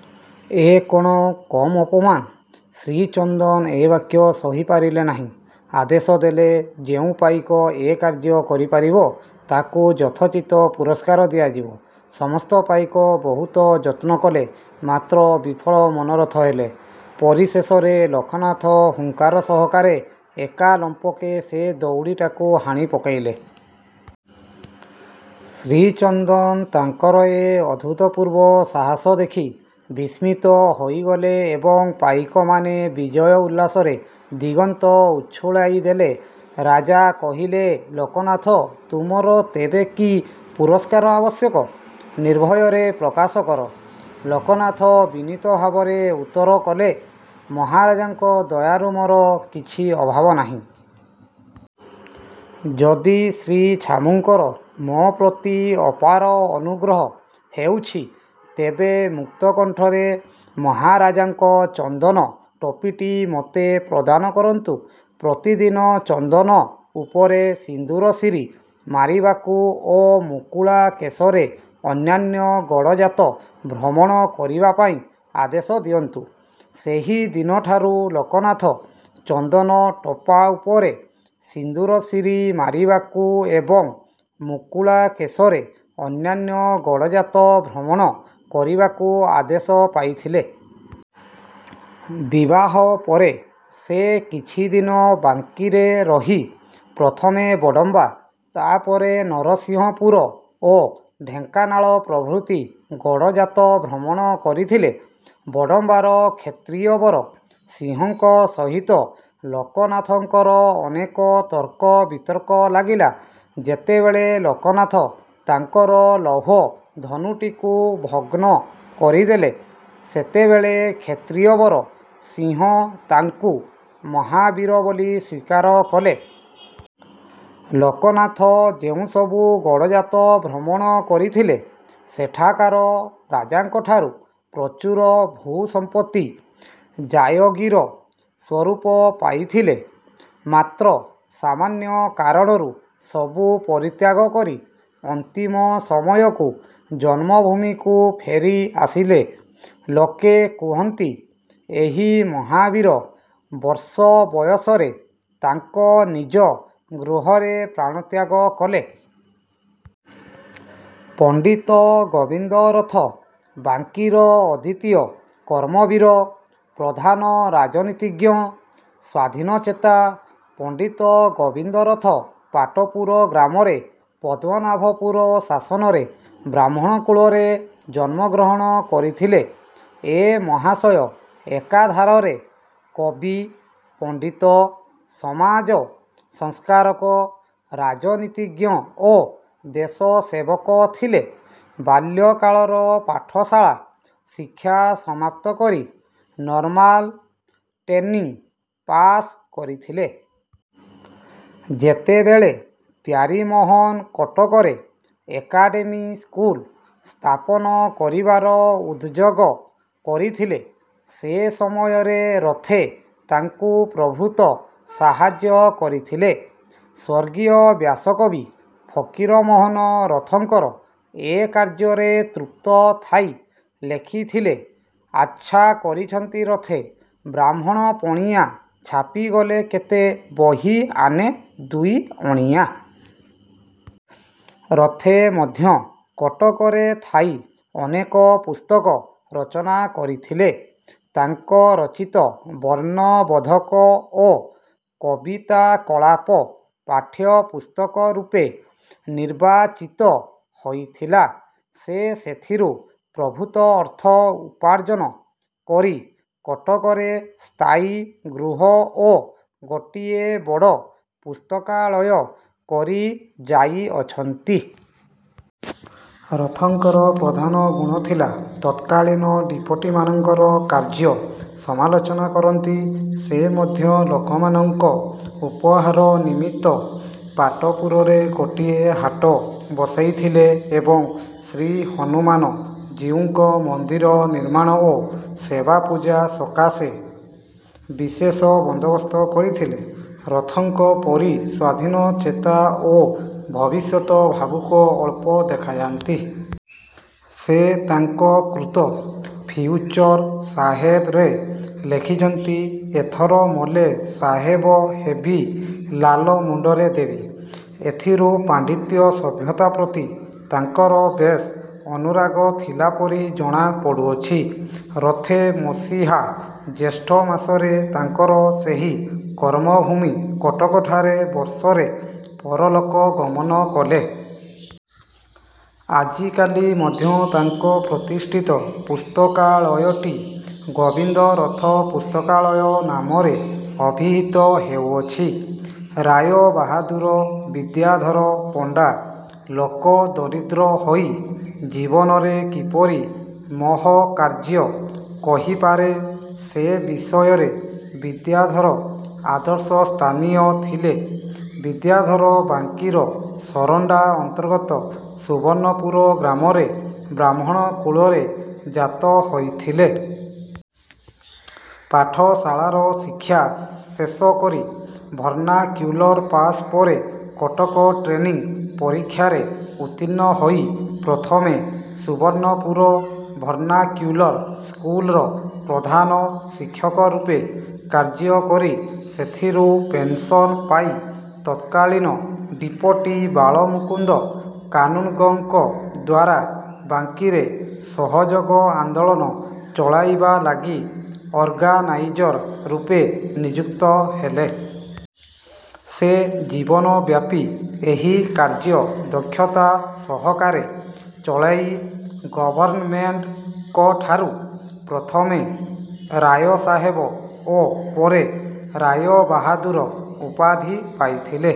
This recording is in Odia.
'' ଏ କ'ଣ କମ୍ ଅପମାନ! ଶ୍ରୀଚନ୍ଦନ ଏ ବାକ୍ୟ ସହିପାରିଲେ ନାହିଁ, ଆଦେଶ ଦେଲେ-ଯେଉଁ ପାଇକ ଏ କାର୍ଯ୍ୟ କରିପାରିବ, ତାକୁ ଯଥୋଚିତ ପୁରସ୍କାର ଦିଆଯିବ। ସମସ୍ତ ପାଇକ ବହୁତ ଯତ୍ନ କଲେ; ମାତ୍ର ବିଫଳ ମନୋରଥ ହେଲେ। ପରିଶେଷରେ ଲୋକନାଥ ହୁଙ୍କାର ସହକାରେ ଏକା ଲମ୍ପକେ ସେ ଦଉଡ଼ିଟାକୁ ହାଣି ପକାଇଲେ। ଶ୍ରୀଚନ୍ଦନ ତାଙ୍କର ଏ ଅଭୂତପୂର୍ବ ସାହାସ ଦେଖି ବିସ୍ମିତ ହୋଇଗଲେ ଏବଂ ପାଇକମାନେ ବିଜୟ ଉଲ୍ଲାସରେ ଦିଗନ୍ତ ଉଛୁଳାଇ ଦେଲେ। ରାଜା କହିଲେ, "ଲୋକନାଥ, ତୁମର ତେବେ କି ପୁରସ୍କାର ଆବଶ୍ୟକ, ନିର୍ଭୟରେ ପ୍ରକାଶ କର। '' ଲୋକନାଥ ବିନୀତ ଭାବରେ ଉତ୍ତର କଲେ, "ମହାରାଜାଙ୍କ ଦୟାରୁ ମୋର କିଛି ଅଭାବ ନାହିଁ। ଯଦି ଶ୍ରୀଛାମୁଙ୍କର ମୋପ୍ରତି ଅପାର ଅନୁଗ୍ରହ ହେଉଛି, ତେବେ ମୁକ୍ତକଣ୍ଠରେ ମହାରାଜାଙ୍କ ଚନ୍ଦନ ଟୋପିଟି ମୋତେ। ପ୍ରଦାନ କରନ୍ତୁ। ପ୍ରତିଦିନ ଚନ୍ଦନ ଉପରେ ସିନ୍ଦୂରଶିରି ମାରିବାକୁ ଓ ମୁକୁଳା କେଶରେ ଅନ୍ୟାନ୍ୟ ଗଡ଼ଜାତ ଭ୍ରମଣ କରିବାପାଇଁ ଆଦେଶ ଦିଅନ୍ତୁ। '' ସେହି ଦିନଠାରୁ ଲୋକନାଥ ଚନ୍ଦନ ଟୋପା ଉପରେ ସିନ୍ଦୂରଶିରି ମାରିବାକୁ ଏବଂ ମୁକୁଳା କେଶରେ ଅନ୍ୟାନ୍ୟ ଗଡ଼ଜାତ ଭ୍ରମଣ କରିବାକୁ ଆଦେଶ ପାଇଥିଲେ। ବିବାହ ପରେ ସେ କିଛି ଦିନ ବାଙ୍କୀରେ ରହି ପ୍ରଥମେ ବଡ଼ମ୍ବା, ତାପରେ ନରସିଂହପୁର ଓ ଢେଙ୍କାନାଳ ପ୍ରଭୃତି ଗଡ଼ଜାତ ଭ୍ରମଣ କରିଥିଲେ। ବଡ଼ମ୍ବାର କ୍ଷତ୍ରିୟବର ସିଂହଙ୍କ ସହିତ ଲୋକନାଥଙ୍କର ଅନେକ ତର୍କ ବିତର୍କ ଲାଗିଲା। ଯେତେବେଳେ ଲୋକନାଥ ତାଙ୍କର ଲୌହ ଧନୁଟିକୁ ଭଗ୍ନ କରିଦେଲେ, ସେତେବେଳେ କ୍ଷତ୍ରିୟବର ସିଂହ ତାଙ୍କୁ ମହାବୀର ବୋଲି ସ୍ଵୀକାର କଲେ। ଲୋକନାଥ ଯେଉଁସବୁ ଗଡ଼ଜାତ ଭ୍ରମଣ କରିଥିଲେ, ସେଠାକାର ରାଜାଙ୍କଠାରୁ ପ୍ରଚୁର ଭୂସମ୍ପତି ଜାୟଗିର ସ୍ୱରୂପ ପାଇଥିଲେ। ମାତ୍ର ସାମାନ୍ୟ କାରଣରୁ ସବୁ ପରିତ୍ୟାଗ କରି ଅନ୍ତିମ ସମୟକୁ ଜନ୍ମଭୂମିକୁ ଫେରି ଆସିଲେ। ଲୋକେ କହନ୍ତି, ଏହି ମହାବୀର ବର୍ଷ ବୟସରେ ତାଙ୍କ ନିଜ ଗୃହରେ ପ୍ରାଣତ୍ୟାଗ କଲେ। ପଣ୍ଡିତ ଗୋବିନ୍ଦ ରଥ ବାଙ୍କୀର ଅଦ୍ଵିତୀୟ କର୍ମବୀର, ପ୍ରଧାନ ରାଜନୀତିଜ୍ଞ, ସ୍ଵାଧୀନଚେତା, ପଣ୍ଡିତ ଗୋବିନ୍ଦ ରଥ ପାଟପୁର ଗ୍ରାମରେ ପଦ୍ମନାଭପୁର ଶାସନରେ ବ୍ରାହ୍ମଣ କୂଳରେ ଜନ୍ମଗ୍ରହଣ କରିଥିଲେ। ଏ ମହାଶୟ ଏକଧାରାରେ କବି, ପଣ୍ଡିତ, ସମାଜ−ସଂସ୍କାରକ, ରାଜନୀତିଜ୍ଞ ଓ ଦେଶସେବକ ଥିଲେ। ବାଲ୍ୟକାଳର ପାଠଶାଳା ଶିକ୍ଷା ସମାପ୍ତ କରି ନର୍ମାଲ ଟେନିଂ ପାଶ୍ କରିଥିଲେ। ଯେତେବେଳେ ପ୍ୟାରୀମୋହନ କଟକରେ ଏକାଡେମୀ ସ୍କୁଲ ସ୍ଥାପନ କରିବାର ଉଦଯୋଗ କରିଥିଲେ, ସେ ସମୟରେ ରଥେ ତାଙ୍କୁ ପ୍ରଭୂତ ସାହାଯ୍ୟ କରିଥିଲେ। ସ୍ଵର୍ଗୀୟ ବ୍ୟାସକବି ଫକୀରମୋହନ ରଥଙ୍କର ଏ କାର୍ଯ୍ୟରେ ତୃପ୍ତ ଥାଇ ଲେଖିଥିଲେ- "ଆଛା କରିଛନ୍ତି ରଥେ ବ୍ରାହ୍ମଣପଣିଆ ଛାପିଗଲେ କେତେ ବହି ଆନେ ଦ୍ଵିଅଣିଆ। '' ରଥେ ମଧ୍ୟ କଟକରେ ଥାଇ ଅନେକ ପୁସ୍ତକ ରଚନା କରିଥିଲେ। ତାଙ୍କ ରଚିତ "ବର୍ଣ୍ଣବୋଧକ" ଓ "କବିତାକଳାପ" ପାଠ୍ୟପୁସ୍ତକ ରୂପେ ନିର୍ବାଚିତ ହୋଇଥିଲା। ସେ ସେଥିରୁ ପ୍ରଭୂତ ଅର୍ଥ ଉପାର୍ଜନ କରି କଟକରେ ସ୍ଥାୟୀ ଗୃହ ଓ ଗୋଟିଏ ବଡ଼ ପୁସ୍ତକାଳୟ କରି ଯାଇଅଛନ୍ତି-। ରଥଙ୍କର ପ୍ରଧାନ ଗୁଣଥିଲା ତତ୍କାଳୀନ ଡିପୋଟିମାନଙ୍କର କାର୍ଯ୍ୟ ସମାଲୋଚନା କରନ୍ତି। ସେ ମଧ୍ୟ ଲୋକମାନଙ୍କ ଉପହାର ନିମିତ୍ତ ପାଟପୁରରେ ଗୋଟିଏ ହାଟ ବସାଇଥିଲେ ଏବଂ ଶ୍ରୀହନୁମାନ ଜୀଉଙ୍କ ମନ୍ଦିର ନିର୍ମାଣ ଓ ସେବାପୂଜା ସକାଶେ ବିଶେଷ ବନ୍ଦୋବସ୍ତ କରିଥିଲେ-। ରଥଙ୍କ ପରି ସ୍ଵାଧୀନଚେତା ଓ ଭବିଷ୍ୟତ୍ ଭାବୁକ ଅଳ୍ପ ଦେଖାଯାନ୍ତି। ସେ ତାଙ୍କ କୃତ "ଫିଉଚର୍ ସାହେବ"ରେ ଲେଖିଛନ୍ତି- "ଏଥର ମଲେ ସାହେବ ହେବି ଲାଲ ମୁଣ୍ଡରେ ଦେବି। '' ଏଥିରୁ ପାଣ୍ଡିତ୍ୟ ସଭ୍ୟତା ପ୍ରତି ତାଙ୍କର ବେଶ୍ ଅନୁରାଗ ଥିଲା ପରି ଜଣା ପଡ଼ୁଅଛି। ରଥେ ମସିହା ଜ୍ୟେଷ୍ଠମାସରେ ତାଙ୍କର ସେହି କର୍ମଭୂମି କଟକଠାରେ ବର୍ଷରେ ପରଲୋକ ଗମନ କଲେ। ଆଜିକାଲି ମଧ୍ୟ ତାଙ୍କ ପ୍ରତିଷ୍ଠିତ ପୁସ୍ତକାଳୟଟି "ଗୋବିନ୍ଦରଥ ପୁସ୍ତକାଳୟ'' ନାମରେ ଅଭିହିତ ହେଉଅଛି। ରାୟବାହାଦୂର ବିଦ୍ୟାଧର ପଣ୍ଡା ଲୋକ ଦରିଦ୍ର ହୋଇ ଜୀବନରେ କିପରି ମହତ୍କାର୍ଯ୍ୟ କହିପାରେ, ସେ ବିଷୟରେ ବିଦ୍ୟାଧର ଆଦର୍ଶସ୍ଥାନୀୟ ଥିଲେ। ବିଦ୍ୟାଧର ବାଙ୍କୀର ସରଣ୍ଡା ଅନ୍ତର୍ଗତ ସୁବର୍ଣ୍ଣପୁର ଗ୍ରାମରେ ବ୍ରାହ୍ମଣ କୁଳରେ ଜାତ ହୋଇଥିଲେ। ପାଠଶାଳାର ଶିକ୍ଷା ଶେଷ କରି ଭର୍ଣ୍ଣାକ୍ୟୁଲର ପାଶ୍ ପରେ କଟକ ଟ୍ରେନିଂ ପରୀକ୍ଷାରେ ଉତ୍ତୀର୍ଣ୍ଣ ହୋଇ ପ୍ରଥମେ ସୁବର୍ଣ୍ଣପୁର ଭର୍ଣ୍ଣାକ୍ୟୁଲର ସ୍କୁଲର ପ୍ରଧାନ ଶିକ୍ଷକ ରୂପେ କାର୍ଯ୍ୟ କରି ସେଥିରୁ ପେନସନ୍ ପାଇ ତତ୍କାଳୀନ ଡିପୋଟି ବାଳମୁକୁନ୍ଦ କାନୁନ୍ଗୋଙ୍କ ଦ୍ଵାରା ବାଙ୍କୀରେ ସହଯୋଗ ଆନ୍ଦୋଳନ ଚଳାଇବା ଲାଗି ଅର୍ଗାନାଇଜର ରୂପେ ନିଯୁକ୍ତ ହେଲେ। ସେ ଜୀବନ ବ୍ୟାପି ଏହି କାର୍ଯ୍ୟ ଦକ୍ଷତା ସହକାରେ ଚଳାଇ ଗଭର୍ଣ୍ଣମେଣ୍ଟଙ୍କଠାରୁ ପ୍ରଥମେ ରାୟସାହେବ ଓ ପରେ ରାୟବାହାଦୂର ଉପାଧି ପାଇଥିଲେ।